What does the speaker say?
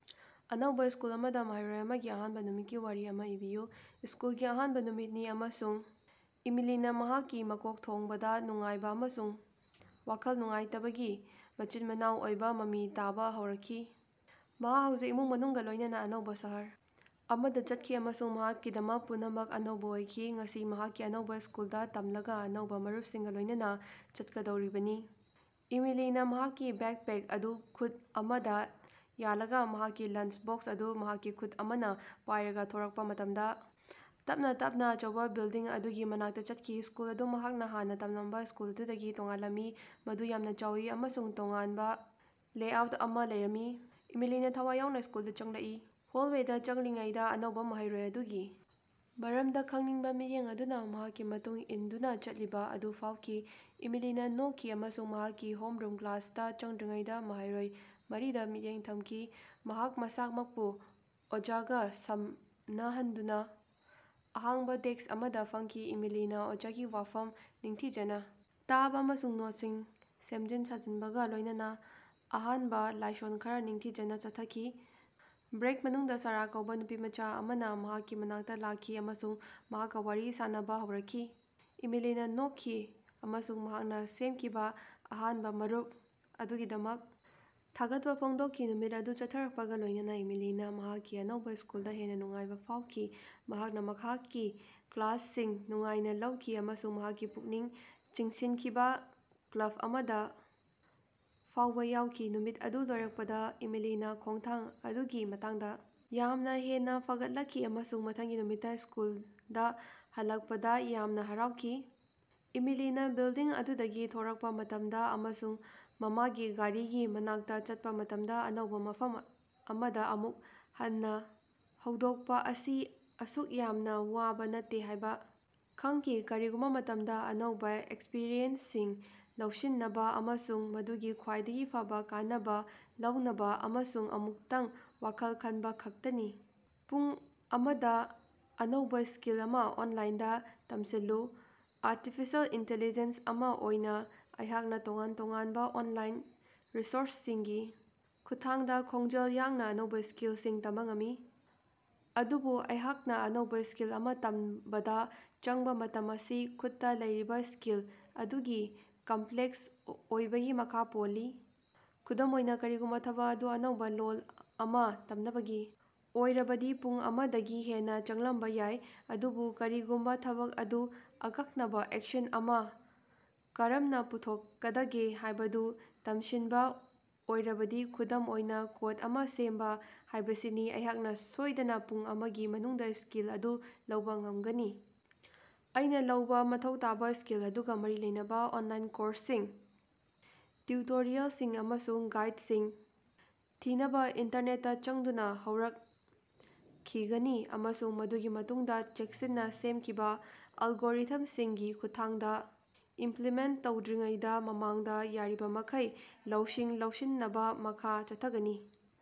ꯑꯅꯧꯕꯥ ꯁ꯭ꯀꯨꯜ ꯑꯃꯗꯥ ꯃꯍꯩꯔꯣꯏ ꯑꯃꯒꯤ ꯑꯍꯥꯟꯕꯥ ꯅꯨꯃꯤꯠꯀꯤ ꯋꯥꯔꯤ ꯑꯃꯥ ꯏꯕꯤꯌꯨ꯫ ꯁ꯭ꯀꯨꯜꯒꯤ ꯑꯍꯥꯟꯕꯥ ꯅꯨꯃꯤꯠꯅꯤ ꯑꯃꯁꯨꯡ ꯏꯃꯤꯂꯤꯅꯥ ꯃꯍꯥꯛꯀꯤ ꯃꯀꯣꯛꯊꯣꯡꯕꯗꯥ ꯅꯨꯡꯉꯥꯏꯕꯥ ꯑꯃꯁꯨꯡ ꯋꯥꯈꯜ ꯅꯨꯡꯉꯥꯏꯇꯕꯒꯤ ꯃꯆꯤꯟ-ꯃꯅꯥꯎ ꯑꯣꯏꯕꯥ ꯃꯃꯤ ꯇꯥꯕꯥ ꯍꯧꯔꯛꯈꯤ꯫ ꯃꯍꯥꯛ ꯍꯧꯖꯤꯛ ꯏꯃꯨꯡ ꯃꯅꯨꯡꯒꯥ ꯂꯣꯏꯅꯅꯥ ꯑꯅꯧꯕꯥ ꯁꯍꯔ ꯑꯃꯗꯥ ꯆꯠꯈꯤ ꯑꯃꯁꯨꯡ ꯃꯍꯥꯛꯀꯤꯗꯃꯛ ꯄꯨꯝꯅꯃꯛ ꯑꯅꯧꯕꯥ ꯑꯣꯏꯈꯤ꯫ ꯉꯁꯤꯗꯤ ꯃꯍꯥꯛꯀꯤ ꯑꯅꯧꯕꯥ ꯁ꯭ꯀꯨꯜꯗꯥ ꯇꯝꯂꯒꯥ ꯑꯅꯧꯕꯥ ꯃꯔꯨꯞꯁꯤꯡꯒꯥ ꯂꯣꯏꯅꯅꯥ ꯆꯠꯀꯗꯧꯔꯤꯕꯅꯤ꯫ ꯏꯃꯤꯂꯤꯅꯥ ꯃꯍꯥꯛꯀꯤ ꯕꯦꯛꯄꯦꯛ ꯑꯗꯨ ꯈꯨꯠ ꯑꯃꯗꯥ ꯌꯥꯜꯂꯒꯥ ꯃꯍꯥꯛꯀꯤ ꯂꯟꯆ ꯕꯣꯛꯁ ꯑꯗꯨ ꯃꯍꯥꯛꯀꯤ ꯃꯈꯨꯠ ꯑꯃꯅꯥ ꯄꯥꯏꯔꯒ ꯊꯣꯔꯛꯄꯥ ꯃꯇꯝꯗꯥ ꯇꯞꯅꯥ ꯇꯞꯅꯥ ꯑꯆꯧꯕꯥ ꯕꯤꯜꯗꯤꯡ ꯑꯗꯨꯒꯤ ꯃꯅꯥꯛꯇꯥ ꯆꯠꯈꯤ꯫ ꯁ꯭ꯀꯨꯜ ꯑꯗꯨ ꯃꯍꯥꯛꯅꯥ ꯍꯥꯟꯅꯥ ꯇꯝꯂꯝꯕꯥ ꯁ꯭ꯀꯨꯜ ꯑꯗꯨꯗꯒꯤ ꯇꯣꯉꯥꯜꯂꯝꯃꯤ, ꯃꯗꯨ ꯌꯥꯝꯅꯥ ꯆꯥꯎꯏ ꯑꯃꯁꯨꯡ ꯇꯣꯉꯥꯟꯕꯥ ꯂꯦꯑꯥꯎꯠ ꯑꯃꯥ ꯂꯩꯔꯝꯃꯤ꯫ ꯏꯃꯤꯂꯤꯅꯥ ꯊꯋꯥꯏ ꯌꯥꯎꯅꯥ ꯁ꯭ꯀꯨꯜꯗꯥ ꯆꯪꯂꯛꯏ꯫ ꯍꯣꯜꯋꯦꯗꯥ ꯆꯠꯂꯤꯉꯩꯗꯥ ꯑꯅꯧꯕꯥ ꯃꯍꯩꯔꯣꯏ ꯑꯗꯨꯒꯤ ꯃꯔꯝꯗꯥ ꯈꯪꯅꯤꯡꯕꯥ ꯃꯤꯠꯌꯦꯡ ꯑꯗꯨꯅꯥ ꯃꯍꯥꯛꯀꯤ ꯃꯇꯨꯡ ꯏꯟꯗꯨꯅꯥ ꯆꯠꯂꯤꯕꯥ ꯑꯗꯨ ꯐꯥꯎꯈꯤ꯫ ꯏꯃꯤꯂꯤꯅꯥ ꯅꯣꯛꯈꯤ ꯑꯃꯁꯨꯡ ꯃꯍꯥꯛꯀꯤ ꯍꯣꯝꯔꯨꯝ ꯀ꯭ꯂꯥꯁꯇꯥ ꯆꯪꯗ꯭ꯔꯤꯉꯩꯗꯥ ꯃꯍꯩꯔꯣꯏ ꯃꯔꯤꯗꯥ ꯃꯤꯠꯌꯦꯡ ꯊꯝꯈꯤ꯫ ꯃꯍꯥꯛ ꯃꯁꯥꯃꯛꯄꯨ ꯑꯣꯖꯥꯒꯥ ꯁꯝꯅꯍꯟꯗꯨꯅꯥ ꯑꯍꯥꯡꯕꯥ ꯗꯦꯛꯁ ꯑꯃꯗꯥ ꯐꯝꯈꯤ꯫ ꯏꯃꯤꯂꯤꯅꯥ ꯑꯣꯖꯥꯒꯤ ꯋꯥꯐꯝ ꯅꯤꯡꯊꯤꯖꯅꯥ ꯇꯥꯕꯥ ꯑꯃꯁꯨꯡ ꯅꯣꯠꯁꯤꯡ ꯁꯦꯝꯖꯤꯟ ꯁꯥꯖꯤꯟꯕꯒꯥ ꯂꯣꯏꯅꯅꯥ ꯑꯍꯥꯟꯕꯥ ꯂꯥꯏꯁꯣꯟ ꯈꯔꯥ ꯅꯤꯡꯊꯤꯖꯅꯥ ꯆꯠꯊꯈꯤ꯫ ꯕ꯭ꯔꯦꯛ ꯃꯅꯨꯡꯗꯥ ꯁꯥꯔꯥ ꯀꯧꯕꯥ ꯅꯨꯄꯤꯃꯆꯥ ꯑꯃꯅꯥ ꯃꯍꯥꯛꯀꯤ ꯃꯅꯥꯛꯇꯥ ꯂꯥꯛꯈꯤ ꯑꯃꯁꯨꯡ ꯃꯍꯥꯛꯀꯥ ꯋꯥꯔꯤ ꯁꯥꯅꯕꯥ ꯍꯧꯔꯛꯈꯤ꯫ ꯏꯃꯤꯂꯤꯅꯥ ꯅꯣꯛꯈꯤ ꯑꯃꯁꯨꯡ ꯃꯍꯥꯛꯅꯥ ꯁꯦꯝꯈꯤꯕꯥ ꯑꯍꯥꯟꯕꯥ ꯃꯔꯨꯞ ꯑꯗꯨꯒꯤꯗꯃꯛ ꯊꯥꯒꯠꯄꯥ ꯐꯣꯡꯗꯣꯛꯈꯤ꯫ ꯅꯨꯃꯤꯠ ꯑꯗꯨ ꯆꯠꯊꯔꯛꯄꯒꯥ ꯂꯣꯏꯅꯅꯥ ꯏꯃꯤꯂꯤꯅꯥ ꯃꯍꯥꯛꯀꯤ ꯑꯅꯧꯕꯥ ꯁ꯭ꯀꯨꯜꯗꯥ ꯍꯦꯟꯅꯥ ꯅꯨꯡꯉꯥꯏꯕꯥ ꯐꯥꯎꯈꯤ꯫ ꯃꯍꯥꯛꯅꯥ ꯃꯍꯥꯛꯀꯤ ꯀ꯭ꯂꯥꯁꯁꯤꯡ ꯅꯨꯡꯉꯥꯏꯅꯥ ꯂꯧꯈꯤ ꯑꯃꯁꯨꯡ ꯃꯍꯥꯛꯀꯤ ꯄꯨꯛꯅꯤꯡ ꯆꯤꯡꯁꯤꯟꯈꯤꯕꯥ ꯀ꯭ꯂꯞ ꯑꯃꯗꯥ ꯐꯥꯎꯕꯥ ꯌꯥꯎꯈꯤ꯫ ꯅꯨꯃꯤꯠ ꯑꯗꯨ ꯂꯣꯏꯔꯛꯄꯗꯥ ꯏꯃꯤꯂꯤꯅꯥ ꯈꯣꯡꯊꯥꯡ ꯑꯗꯨꯒꯤ ꯃꯇꯥꯡꯗꯥ ꯌꯥꯝꯅꯥ ꯍꯦꯟꯅꯥ ꯐꯒꯠꯂꯛꯈꯤ ꯑꯃꯁꯨꯡ ꯃꯊꯪꯒꯤ ꯅꯨꯃꯤꯠꯇꯥ ꯁ꯭ꯀꯨꯜꯗꯥ ꯍꯜꯂꯛꯄꯗꯥ ꯌꯥꯝꯅꯥ ꯍꯔꯥꯎꯈꯤ꯫ ꯏꯃꯤꯂꯤꯅꯥ ꯕꯤꯜꯗꯤꯡ ꯑꯗꯨꯗꯒꯤ ꯊꯣꯔꯛꯄꯥ ꯃꯇꯝꯗꯥ ꯑꯃꯁꯨꯡ ꯃꯃꯥꯒꯤ ꯒꯥꯔꯤꯒꯤ ꯃꯅꯥꯛꯇꯥ ꯆꯠꯄꯥ ꯃꯇꯝꯗꯥ, ꯑꯅꯧꯕꯥ ꯃꯐꯝ ꯑꯃꯗꯥ ꯑꯃꯨꯛ ꯍꯟꯅꯥ ꯍꯧꯗꯣꯛꯄꯥ ꯑꯁꯤ ꯑꯁꯨꯛ ꯌꯥꯝꯅꯥ ꯋꯥꯕꯥ ꯅꯠꯇꯦ ꯍꯥꯏꯕꯥ ꯈꯪꯈꯤ꯫ ꯀꯔꯤꯒꯨꯝꯕꯥ ꯃꯇꯝꯗꯥ, ꯑꯅꯧꯕꯥ ꯑꯦꯛꯁꯄ꯭ꯔꯤꯌꯦꯟꯁꯁꯤꯡ ꯂꯧꯁꯤꯟꯅꯕꯥ ꯑꯃꯁꯨꯡ ꯃꯗꯨꯒꯤ ꯈ꯭ꯋꯥꯏꯗꯒꯤ ꯐꯕꯥ ꯀꯥꯟꯅꯕꯥ ꯂꯧꯅꯕꯥ ꯑꯃꯁꯨꯡ ꯑꯃꯨꯛꯇꯪ ꯋꯥꯈꯜ ꯈꯟꯕꯥ ꯈꯛꯇꯅꯤ꯫ ꯄꯨꯡ ꯑꯃꯗꯥ ꯑꯅꯧꯕꯥ ꯁ꯭ꯀꯤꯜ ꯑꯃꯥ ꯑꯣꯟꯂꯥꯏꯟꯗꯥ ꯇꯝꯁꯤꯜꯂꯨ꯫ ꯑꯔꯇꯤꯐꯤꯁꯦꯜ ꯏꯟꯇꯤꯂꯤꯖꯦꯟꯁ ꯑꯃꯥ ꯑꯣꯏꯅꯥ ꯑꯩꯍꯥꯛꯅꯥ ꯇꯣꯉꯥꯟ ꯇꯣꯉꯥꯟꯕꯥ ꯑꯣꯟꯂꯥꯏꯟ ꯔꯤꯁꯣꯔꯁꯁꯤꯡꯒꯤ ꯈꯨꯠꯊꯥꯡꯗꯥ ꯈꯣꯡꯖꯦꯜ ꯌꯥꯡꯅꯥ ꯑꯅꯧꯕꯥ ꯁ꯭ꯀꯤꯜꯁꯤꯡ ꯇꯝꯕꯥ ꯉꯝꯃꯤ꯫ ꯑꯗꯨꯕꯨ ꯑꯩꯍꯥꯛꯅꯥ ꯑꯅꯧꯕꯥ ꯁ꯭ꯀꯤꯜ ꯑꯃꯥ ꯇꯝꯕꯗꯥ ꯆꯪꯕꯥ ꯃꯇꯝ ꯑꯁꯤ ꯈꯨꯠꯇꯥ ꯂꯩꯔꯤꯕꯥ ꯁ꯭ꯀꯤꯜ ꯑꯗꯨꯒꯤ ꯀꯝꯄ꯭ꯂꯦꯛꯁ ꯑꯣꯏꯕꯒꯤ ꯃꯈꯥ ꯄꯣꯜꯂꯤ꯫ ꯈꯨꯗꯝ ꯑꯣꯏꯅꯥ, ꯀꯔꯤꯒꯨꯝꯕꯥ ꯊꯕꯛ ꯑꯗꯨ ꯑꯅꯧꯕꯥ ꯂꯣꯜ ꯑꯃꯥ ꯇꯝꯅꯕꯒꯤ ꯑꯣꯏꯔꯕꯗꯤ ꯄꯨꯡ ꯑꯃꯗꯒꯤ ꯍꯦꯟꯅꯥ ꯆꯪꯂꯝꯕꯥ ꯌꯥꯏ꯫ ꯑꯗꯨꯕꯨ ꯀꯔꯤꯒꯨꯝꯕꯥ ꯊꯕꯛ ꯑꯗꯨ ꯑꯀꯛꯅꯕꯥ ꯑꯦꯛꯁꯟ ꯑꯃꯥ ꯀꯔꯝꯅꯥ ꯄꯥꯡꯊꯣꯛꯀꯗꯒꯦ ꯍꯥꯏꯕꯗꯨ ꯇꯝꯁꯤꯟꯕꯥ ꯑꯣꯏꯔꯕꯗꯤ, ꯈꯨꯗꯝ ꯑꯣꯏꯅꯥ ꯀꯣꯠ ꯑꯃꯥ ꯁꯦꯝꯕꯥ ꯍꯥꯏꯕꯁꯤꯅꯤ, ꯑꯩꯍꯥꯛꯅꯥ ꯁꯣꯏꯗꯅꯥ ꯄꯨꯡ ꯑꯃꯒꯤ ꯃꯅꯨꯡꯗꯥ ꯁ꯭ꯀꯤꯜ ꯑꯗꯨ ꯂꯧꯕꯥ ꯉꯝꯒꯅꯤ꯫ ꯑꯩꯅꯥ ꯂꯧꯕꯥ ꯃꯊꯧ ꯇꯥꯕꯥ ꯁ꯭ꯀꯤꯜ ꯑꯗꯨꯒꯥ ꯃꯔꯤ ꯂꯩꯅꯕꯥ ꯑꯣꯟꯂꯥꯏꯟ ꯀꯣꯔꯁꯁꯤꯡ, ꯇ꯭ꯌꯨꯇꯣꯔꯤꯌꯦꯜꯁꯤꯡ ꯑꯃꯁꯨꯡ ꯒꯥꯏꯠꯁꯤꯡ ꯊꯤꯅꯕꯥ ꯏꯟꯇꯔꯅꯦꯠꯇꯥ ꯆꯪꯗꯨꯅꯥ ꯍꯧꯔꯛꯈꯤꯒꯅꯤ ꯑꯃꯁꯨꯡ ꯃꯗꯨꯒꯤ ꯃꯇꯨꯡꯗꯥ ꯆꯦꯛꯁꯤꯟꯅꯥ ꯁꯦꯝꯈꯤꯕꯥ ꯑꯦꯜꯒꯣꯔꯤꯊꯝꯁꯤꯡꯒꯤ ꯈꯨꯠꯊꯥꯡꯗꯥ ꯏꯝꯄ꯭ꯂꯤꯃꯦꯟꯇ ꯇꯧꯗ꯭ꯔꯤꯉꯩꯒꯤ ꯃꯃꯥꯡꯗꯥ ꯌꯥꯔꯤꯕꯃꯈꯩ ꯂꯧꯁꯤꯡ ꯂꯧꯁꯤꯟꯅꯕꯥ ꯃꯈꯥ ꯆꯠꯊꯒꯅꯤ꯫